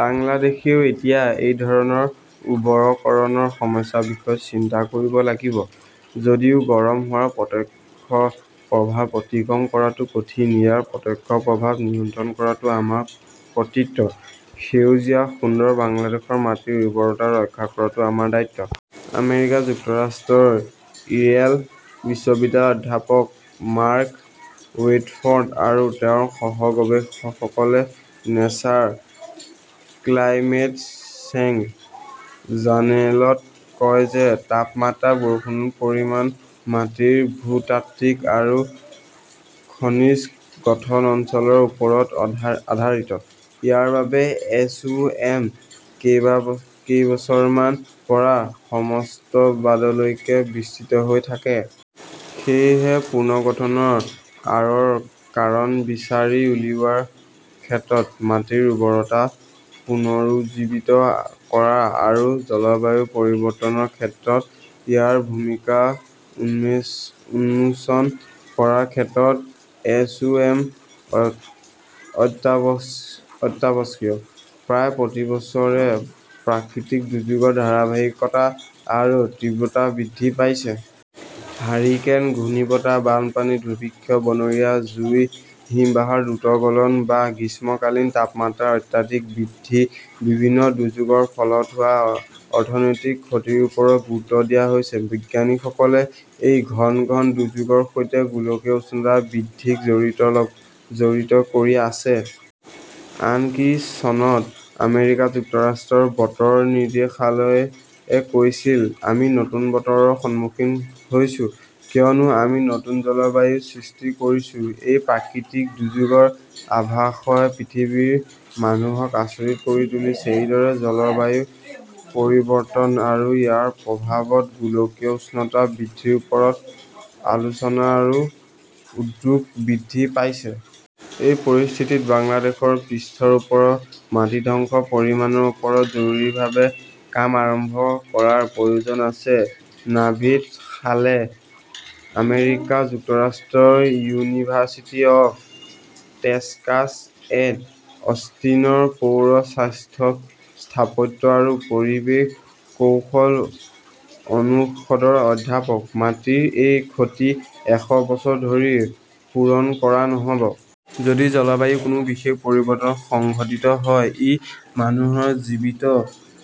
বাংলাদেশেও এতিয়া এই ধৰণৰ উৰ্বৰকৰণৰ সমস্যাৰ বিষয়ে চিন্তা কৰিব লাগিব। যদিও গৰম হোৱাৰ প্ৰত্যক্ষ প্ৰভাৱ অতিক্ৰম কৰাটো কঠিন, ইয়াৰ প্ৰত্যক্ষ প্ৰভাৱ নিয়ন্ত্ৰণ কৰাটো আমাৰ কৰ্তৃত্ব। সেউজীয়া, সুন্দৰ বাংলাদেশৰ মাটিৰ উৰ্বৰতা ৰক্ষা কৰাটো আমাৰ দায়িত্ব। আমেৰিকা যুক্তৰাষ্ট্ৰৰ ইয়েল বিশ্ববিদ্যালয়ৰ অধ্যাপক মাৰ্ক ব্ৰেডফৰ্ড আৰু তেওঁৰ সহ-গৱেষকসকলে নেচাৰ ক্লাইমেট চেঞ্জ জাৰ্নেলত কয় যে তাপমাত্ৰা, বৰষুণৰ পৰিমাণ, মাটিৰ ভূতাত্ত্বিক আৰু খনিজ গঠন অঞ্চলৰ ওপৰত আধাৰিত। ইয়াৰ বাবে এছ. ও. এম. কেইবছৰমানৰ পৰা সহস্ৰাব্দলৈকে বিস্তৃত হৈ থাকে। সেয়েহে পুনৰ্গঠনৰ আঁৰৰ কাৰণ বিচাৰি উলিওৱাৰ ক্ষেত্ৰত মাটিৰ উৰ্বৰতা পুনৰুজ্জীৱিত কৰা আৰু জলবায়ু পৰিৱৰ্তনৰ ক্ষেত্ৰত ইয়াৰ ভূমিকা উন্মোচন কৰাৰ ক্ষেত্ৰত এছ. ও. এম. অত্যাৱশ্যকীয়। প্ৰায় প্ৰতি বছৰে প্ৰাকৃতিক দুৰ্যোগৰ ধাৰাবাহিকতা আৰু তীব্ৰতা বৃদ্ধি পাইছে। হাৰিকেন, ঘূৰ্ণীবতাহ, বানপানী, দুৰ্ভিক্ষ, বনৰীয়া জুই, হিমবাহৰ দ্ৰুত গলন বা গ্ৰীষ্মকালীন তাপমাত্ৰাৰ অত্যাধিক বৃদ্ধি-বিভিন্ন দুৰ্যোগৰ ফলত হোৱা অৰ্থনৈতিক ক্ষতিৰ ওপৰত গুৰুত্ব দিয়া হৈছে। বিজ্ঞানীসকলে এই ঘন ঘন দুৰ্যোগৰ সৈতে গোলকীয় উষ্ণতা বৃদ্ধিক জড়িত কৰি আছে। আনকি চনত আমেৰিকা যুক্তৰাষ্ট্ৰৰ বতৰ নিৰ্দেশালয়ে কৈছিল, আমি নতুন বতৰৰ সন্মুখীন হৈছো, কিয়নো আমি নতুন জলবায়ু সৃষ্টি কৰিছো। এই প্ৰাকৃতিক দুৰ্যোগৰ আভাসই পৃথিৱীৰ মানুহক আচৰিত কৰি তুলিছে। এনেদৰে জলবায়ু পৰিৱৰ্তন আৰু ইয়াৰ প্ৰভাৱত গোলকীয় উষ্ণতা বৃদ্ধিৰ ওপৰত আলোচনা আৰু উদ্বেগ বৃদ্ধি পাইছে। এই পৰিস্থিতিত বাংলাদেশৰ পৃষ্ঠৰ ওপৰৰ মাটি ধ্বংসৰ পৰিণামৰ ওপৰত জৰুৰীভাৱে কাম আৰম্ভ কৰাৰ প্ৰয়োজন আছে। নাভিদ সালেহঃ আমেৰিকা যুক্তৰাষ্ট্ৰৰ ইউনিভাৰ্চিটি অৱ টেক্সাছ এট অষ্টিনৰ পৌৰ, স্থাপত্য আৰু পৰিৱেশ কৌশল অনুষদৰ অধ্যাপক। মাটিৰ এই ক্ষতি এশ বছৰ ধৰি পূৰণ কৰা নহ'ব। যদি জলবায়ুৰ কোনো বিশেষ পৰিৱৰ্তন সংঘটিত হয়, ই মানুহৰ জীৱনত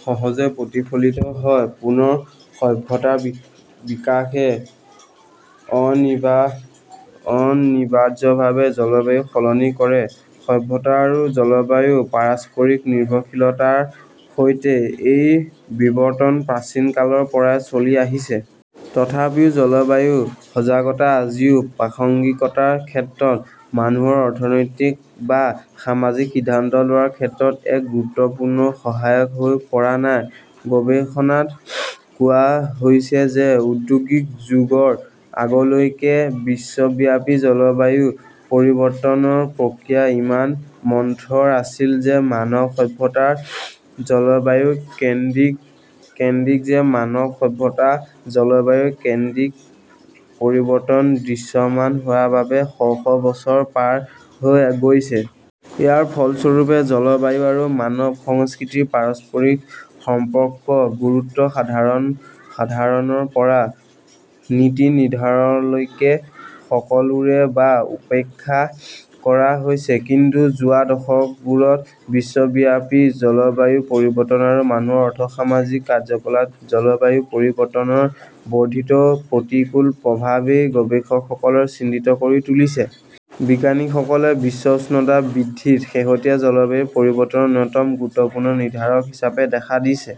সহজে প্ৰতিফলিত হয়। পুনৰ সভ্যতাৰ বিকাশে অনিবাৰ্যভাৱে জলবায়ু সলনি কৰে। সভ্যতা আৰু জলবায়ুৰ পাৰস্পৰিক নিৰ্ভৰশীলতাৰ সৈতে এই বিবৰ্তন প্ৰাচীন কালৰ পৰাই চলি আহিছে। তথাপিও জলবায়ু সজাগতা আজিও প্ৰাসংগিকতাৰ ক্ষেত্ৰত মানুহৰ অৰ্থনৈতিক বা সামাজিক সিদ্ধান্ত লোৱাৰ ক্ষেত্ৰত এক গুৰুত্বপূৰ্ণ সহায়ক হৈ পৰা নাই। গৱেষণাত কোৱা হৈছে যে ঔদ্যোগিক যুগ ৰ আগলৈকে বিশ্বব্যাপী জলবায়ু পৰিৱৰ্তনৰ প্ৰক্ৰিয়া ইমান মন্থৰ আছিল যে মানৱ সভ্যতাত জলবায়ু কেন্দ্ৰিক পৰিৱৰ্তন দৃশ্যমান হোৱাৰ বাবে শ শ বছৰ পাৰ হৈ গৈছে। ইয়াৰ ফলস্বৰূপে জলবায়ু আৰু মানৱ সংস্কৃতিৰ পাৰস্পৰিক সম্পৰ্কৰ গুৰুত্ব সাধাৰণৰ পৰা নীতি নিৰ্ধাৰকলৈকে সকলোৰে বাবে উপেক্ষা কৰা হৈছে। কিন্তু যোৱা দশকবোৰত বিশ্বব্যাপী জলবায়ু পৰিৱৰ্তন আৰু মানুহৰ অৰ্থ-সামাজিক কাৰ্যকলাপত জলবায়ুৰ পৰিৱৰ্তনৰ বৰ্ধিত প্ৰতিকূল প্ৰভাৱই গৱেষকসকলক চিন্তিত কৰি তুলিছে। বিজ্ঞানীসকলে বিশ্ব উষ্ণতা বৃদ্ধিক শেহতীয়া জলবায়ু পৰিৱৰ্তনৰ অন্যতম গুৰুত্বপূৰ্ণ নিৰ্ধাৰক হিচাপে দেখে।